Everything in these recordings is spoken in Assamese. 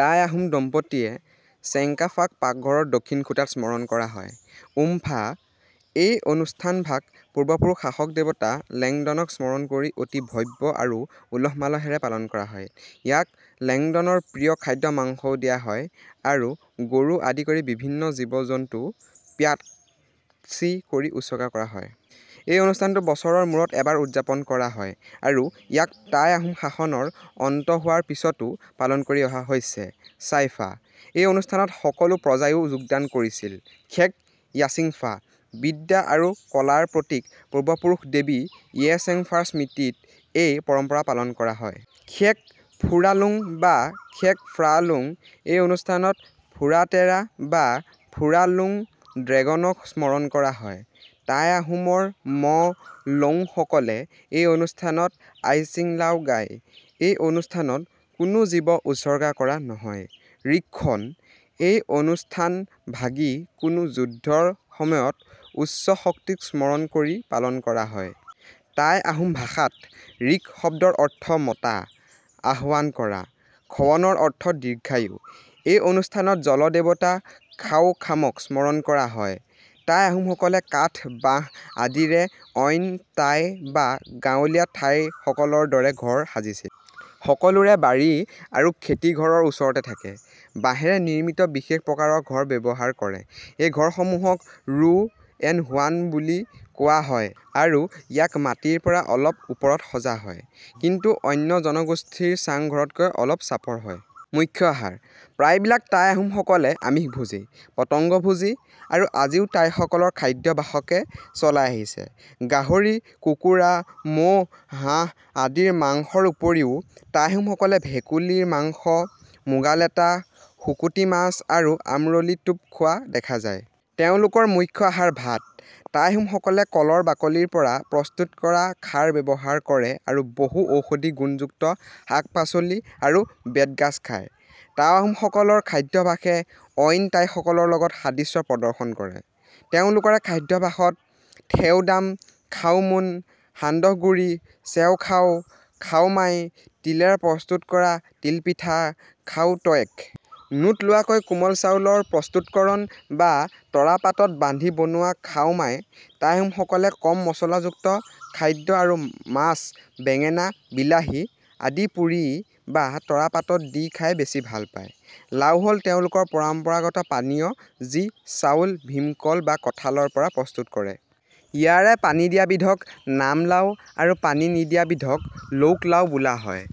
টাই-আহোম দম্পতীয়ে চেং-কা-ফাক পাকঘৰৰ দক্ষিণ খুটাত স্মৰণ কৰা হয়। উম-ফা: এই অনুষ্ঠান ভাগ পূৰ্বপুৰুষ শাসক দেৱতা লেং-দনক স্মৰণ কৰি অতি ভব্য আৰু উলহ মালহেৰে পালন কৰা হয়। ইয়াত লেংদনৰ প্ৰিয় খাদ্য মাংসও দিয়া হয় আৰু গৰু আদি কৰি বিভিন্ন জীৱ জন্তু প্য়াত-চি কৰি উৎসৰ্গা কৰা হয়। এই অনুষ্ঠানটো বছৰৰ মূৰত এবাৰ উদযাপন কৰা হয় আৰু ইয়াক টাই-আহোম শাসনৰ অন্ত হোৱাৰ পিছতো পালন কৰি অহা হৈছে। চাই-ফা: এই অনুষ্ঠানত সকলো প্ৰজাইয়ো যোগদান কৰিছিল। খ্যেক য়াচিংফা: বিদ্যা আৰু কলাৰ প্ৰতীক পূৰ্বপুৰুষ দেৱী য়ে-চেং-ফাৰ স্মৃতিত এই পৰম্পৰা পালন কৰা হয়। খ্যেক ফুৰালুং বা খ্যেক ফ্ৰা-লুং: এই অনুষ্ঠানত ফুৰা-তেৰা বা ফুৰা-লুং ড্ৰেগনক স্মৰণ কৰা হয়। টাই-আহোমৰ ম'-লৌং সকলে এই অনুষ্ঠানত আই-চিং-লাও গায়। এই অনুষ্ঠানত কোনো জীৱ উৎসৰ্গা কৰা নহয়। ৰিক খ্বন: এই অনুষ্ঠান ভাগি কোনো যুদ্ধৰ সময়ত উচ্চ শক্তিক স্মৰণ কৰি পালন কৰা হয়। টাই-আহোম ভাষাত ৰিক শব্দৰ অৰ্থ মতা / আহ্ৱান কৰা খ্ৱনৰ অৰ্থ দীৰ্ঘায়ু। এই অনুষ্ঠানত জল দেৱতা খাও-খামক স্মৰণ কৰা হয়। টাই-আহোমসকলে কাঠ, বাঁহ আদিৰে অইন টাই বা গাঁৱলীয়া থাইসকলৰ দৰে ঘৰ সাজিছিল। সকলোৰে বাৰী আৰু খেতি ঘৰৰ ওচৰতে থাকে। বাঁহেৰে নিৰ্মিত বিশেষ প্ৰকাৰৰ ঘৰ ব্যৱহাৰ কৰে। এই ঘৰসমূহক ৰু'এন-হোৱাণ বুলি কোৱা হয় আৰু ইয়াক মাটিৰ পৰা অলপ ওপৰত সজা হয় কিন্তু অন্য জনগোষ্ঠীৰ চাং-ঘৰতকৈ অলপ চাপৰ হয়। মুখ্য আহাৰ: প্ৰায়বিলাক টাই-আহোম সকলে আমিষভোজী, পতংগভোজী আৰু আজিও টাইসকলৰ খাদ্যাভ্যাসকে চলাই আছে। গাহৰি, কুকুৰা, মহ, হাঁহ আদিৰ মাংস ৰ উপৰিও টাই-আহোমসকলে ভেকুলী ৰ মাংস, মুগালেটা, শুকুতী মাছ আৰু আমৰলি টোপ খোৱা দেখা যায়। তেওঁলোকৰ মুখ্য আহাৰ ভাত। টাই-আহোমসকলে কলৰ বাকলিৰ পৰা প্ৰস্তুত কৰা খাৰ ব্যৱহাৰ কৰে আৰু বহু ঔষধি গুণযুক্ত শাক-পাচলি আৰু বেত-গাঁজ খায়। টাই-আহোমসকলৰ খাদ্যাভাসে অইন টাইসকলৰ লগত সাদৃশ্য প্ৰদৰ্শন কৰে। তেওঁলোকৰে খাদ্যাভাষত- থেও-দাম, খাও-মুন, সান্দহ গুৰী, চেও-খাও, খাও-মাই, তিলেৰে প্ৰস্তুত কৰা তিল পিঠা, খাও-ত্য়েক। নুতলোৱাকৈ কোমল চাউল ৰ প্ৰস্তুতকৰণ বা তৰা পাতত বান্ধি বনোৱা খাও-মাই। টাই-আহোমসকলে কম মছলাযুক্ত খাদ্য আৰু মাছ, বেঙেনা, বিলাহী আদি পুৰি বা তৰা পাতত দি খাই বেছি ভাল পায়। লাও হ'ল, তেওঁলোকৰ পৰম্পৰাগত পানীয় যি চাউল ভীমকল বা কঠাল ৰ পৰা প্ৰস্তুত কৰে। ইয়াৰে পানী দিয়া বিধক নাম-লাও আৰু পানী নিদিয়া বিধক লৌক-লাও বোলা হয়।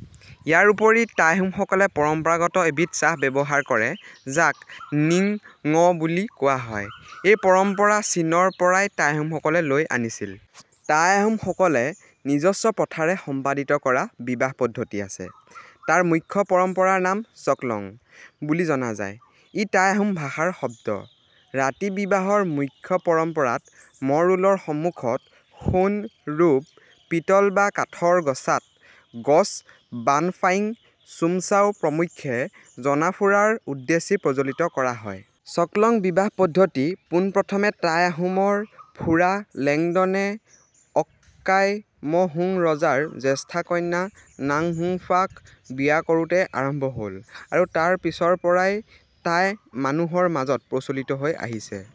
ইয়াৰ উপৰি টাই-আহোমসকলে পৰম্পৰাগত এবিধ চাহ ব্যৱহাৰ কৰে যাক না নিঙ নঙ বুলি কোৱা হয়। এই পৰম্পৰা চীনৰ পৰাই টাই-আহোমসকলে লৈ আনিছিল। টাই-আহোম সকলে নিজস্ব প্ৰথাৰে সম্পাদিত কৰা বিবাহ পদ্ধতি আছে। তাৰ মুখ্য পৰম্পৰাৰ নাম " চ-ক্লং " বুলি জনা যায়। ই টাই-আহোম ভাষাৰ শব্দ। ৰাতি বিবাহ ৰ মুখ্য পৰম্পৰাত ম'-ৰুলৰ সন্মুখত সোণ, ৰূপ, পিতল বা কাঠ ৰ গছাত গছ বান-ফাইং চোমচাও প্ৰমুখ্যে জনা ফুৰা ৰ উদ্দেশ্যি প্ৰজ্জ্বলিত কৰা হয়। " চ-ক্লং " বিবাহ পদ্ধতি পোন প্ৰথমে টাই-আহোমৰ ফুৰা লেংডনে অক-কাই ম'-হুং ৰজাৰ জ্যেষ্ঠা কন্যা নাং হুন ফা ক বিয়া কৰোঁতেই আৰম্ভ হ'ল আৰু তাৰ পিছৰ পৰাই টাই মানুহৰ মাজত প্ৰচলিত হৈ আহিছে।